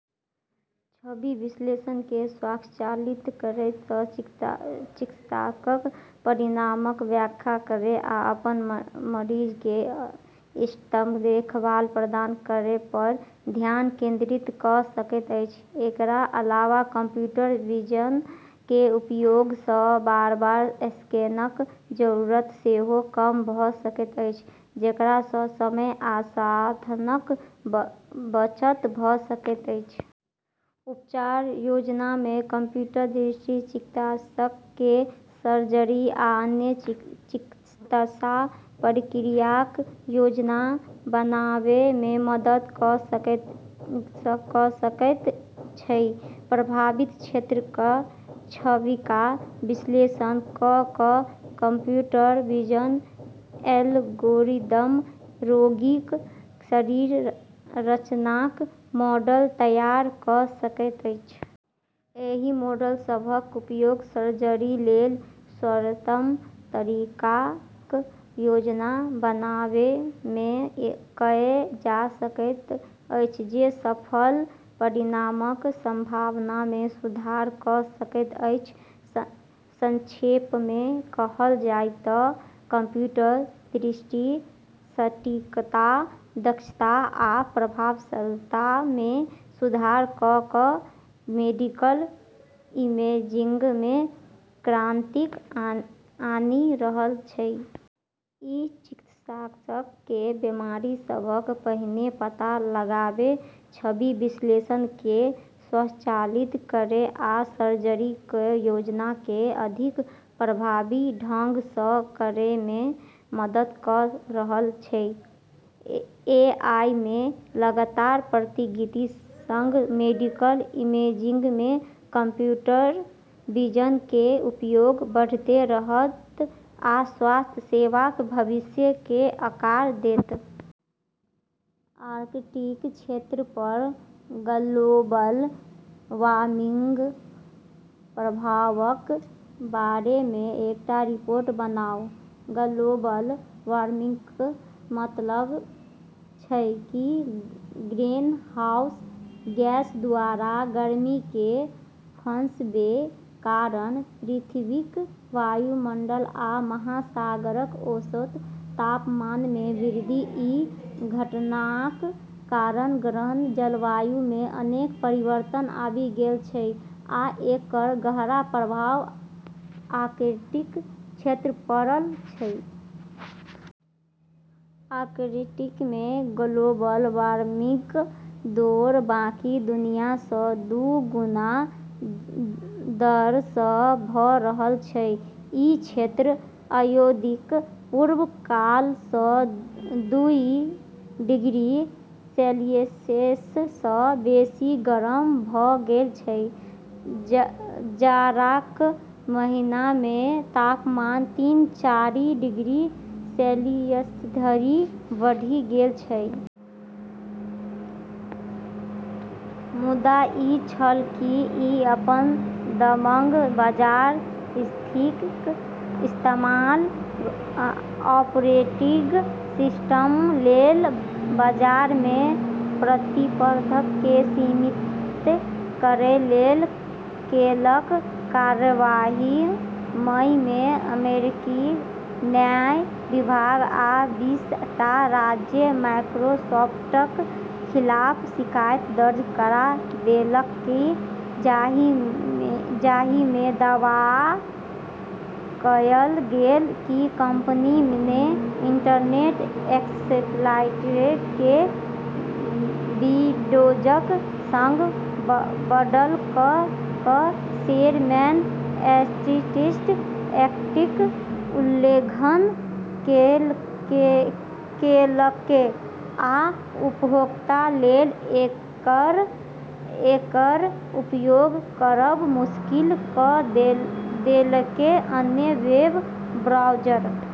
छवि विश्लेषणकेँ स्वचालित करैसँ चिकित्सक परिणामक व्याख्या करै आ अपन मरीजकेँ इष्टतम देखभाल प्रदान करैपर ध्यान केंद्रित कऽ सकैत छै। एकरा अलावा कंप्यूटर विजन के उपयोगसँ बार-बार स्कैनक जरूरत सेहो कम भऽ सकैत अछि, जेकरासँ समय आ संसाधनक बचत भऽ सकैत अछि। उपचार योजनामे कंप्यूटर दृष्टि चिकित्सककेँ सर्जरी आ अन्य चिकित्सा प्रक्रियाक योजना बनाबैमे मदद कऽ सकैत छै। प्रभावित क्षेत्रक छविका विश्लेषण कऽ कऽ कंप्यूटर विजन एल्गोरिदम रोगीक शरीर रचनाक मॉडल तैयार कऽ सकैत अछि। एहि मॉडल सभक उपयोग सर्जरीलेल सर्वोत्तम तरीकाक योजना बनाबैमे कएल जा सकैत अछि, जे सफल परिणामक संभावनामे सुधार कऽ सकैत अछि। संक्षेपमे कहल जाय तँ कंप्यूटर दृष्टि सटीकता, दक्षता आ प्रभावशीलतामे सुधार कऽ कऽ मेडिकल इमेजिंगमे क्रांति आनि रहल छै। ई चिकित्सककेँ बीमारी सभक पहिने पता लगाबै, छवि विश्लेषणकेँ स्वचालित करै, आ सर्जरीक योजनाकेँ अधिक प्रभावी ढंगसँ करैमे मदद कऽ रहल छै। एआईमे लगातार प्रगति संग मेडिकल इमेजिंगमे कंप्यूटर विजन के उपयोग बढ़ैत रहत आ स्वास्थ्य सेवाक भविष्यकेँ आकार देत। आर्कटिक क्षेत्रपर ग्लोबल वार्मिंगक प्रभावक बारेमे एकटा रिपोर्ट बनाउ। ग्लोबल वार्मिंगक मतलब छै कि ग्रीनहाउस गैसद्वारा गर्मीकेँ फँसबै कारण पृथ्वीक वायुमंडल आ महासागरक औसत तापमानमे वृद्धि। ई घटनाक कारण ग्रहक जलवायुमे अनेक परिवर्तन आबि गेल छै आ एकर गहरा प्रभाव आर्कटिक क्षेत्रपर पड़ल छै। आर्कटिकमे ग्लोबल वार्मिंगक दौर बाकी दुनियासँ दू गुना दरसँ भऽ रहल छै। ई क्षेत्र औद्योगिक पूर्व कालसँ दुई डिग्री सेल्सियससँ बेसी गरम भऽ गेल छै, जाड़ाक महीनामे तापमान तीन चारि डिग्री सेल्सियसधरि बढ़ि गेल छै। मुद्दा ई छल कि ई अपन दबंग बाजार स्थितिक इस्तेमाल ऑपरेटिंग सिस्टमलेल बाजारमे प्रतिस्पर्धाकेँ सीमित करैलेल केलक। कार्यवाही मईमे अमेरिकी न्याय विभाग आ बीस टा राज्य माइक्रोसॉफ्टक खिलाफ शिकायत दर्ज करा देलकै, जाहिमे दावा कएल गेलै कि कंपनीने इंटरनेट एक्सप्लोररकेँ विंडोजक संग बंडल कऽ कऽ शेरमेन एंटीट्रस्ट एक्टक उल्लंघन केलकै आ उपभोक्तालेल एकर उपयोग करब मुश्किल कऽ देलकै अन्य वेब ब्राउज़र।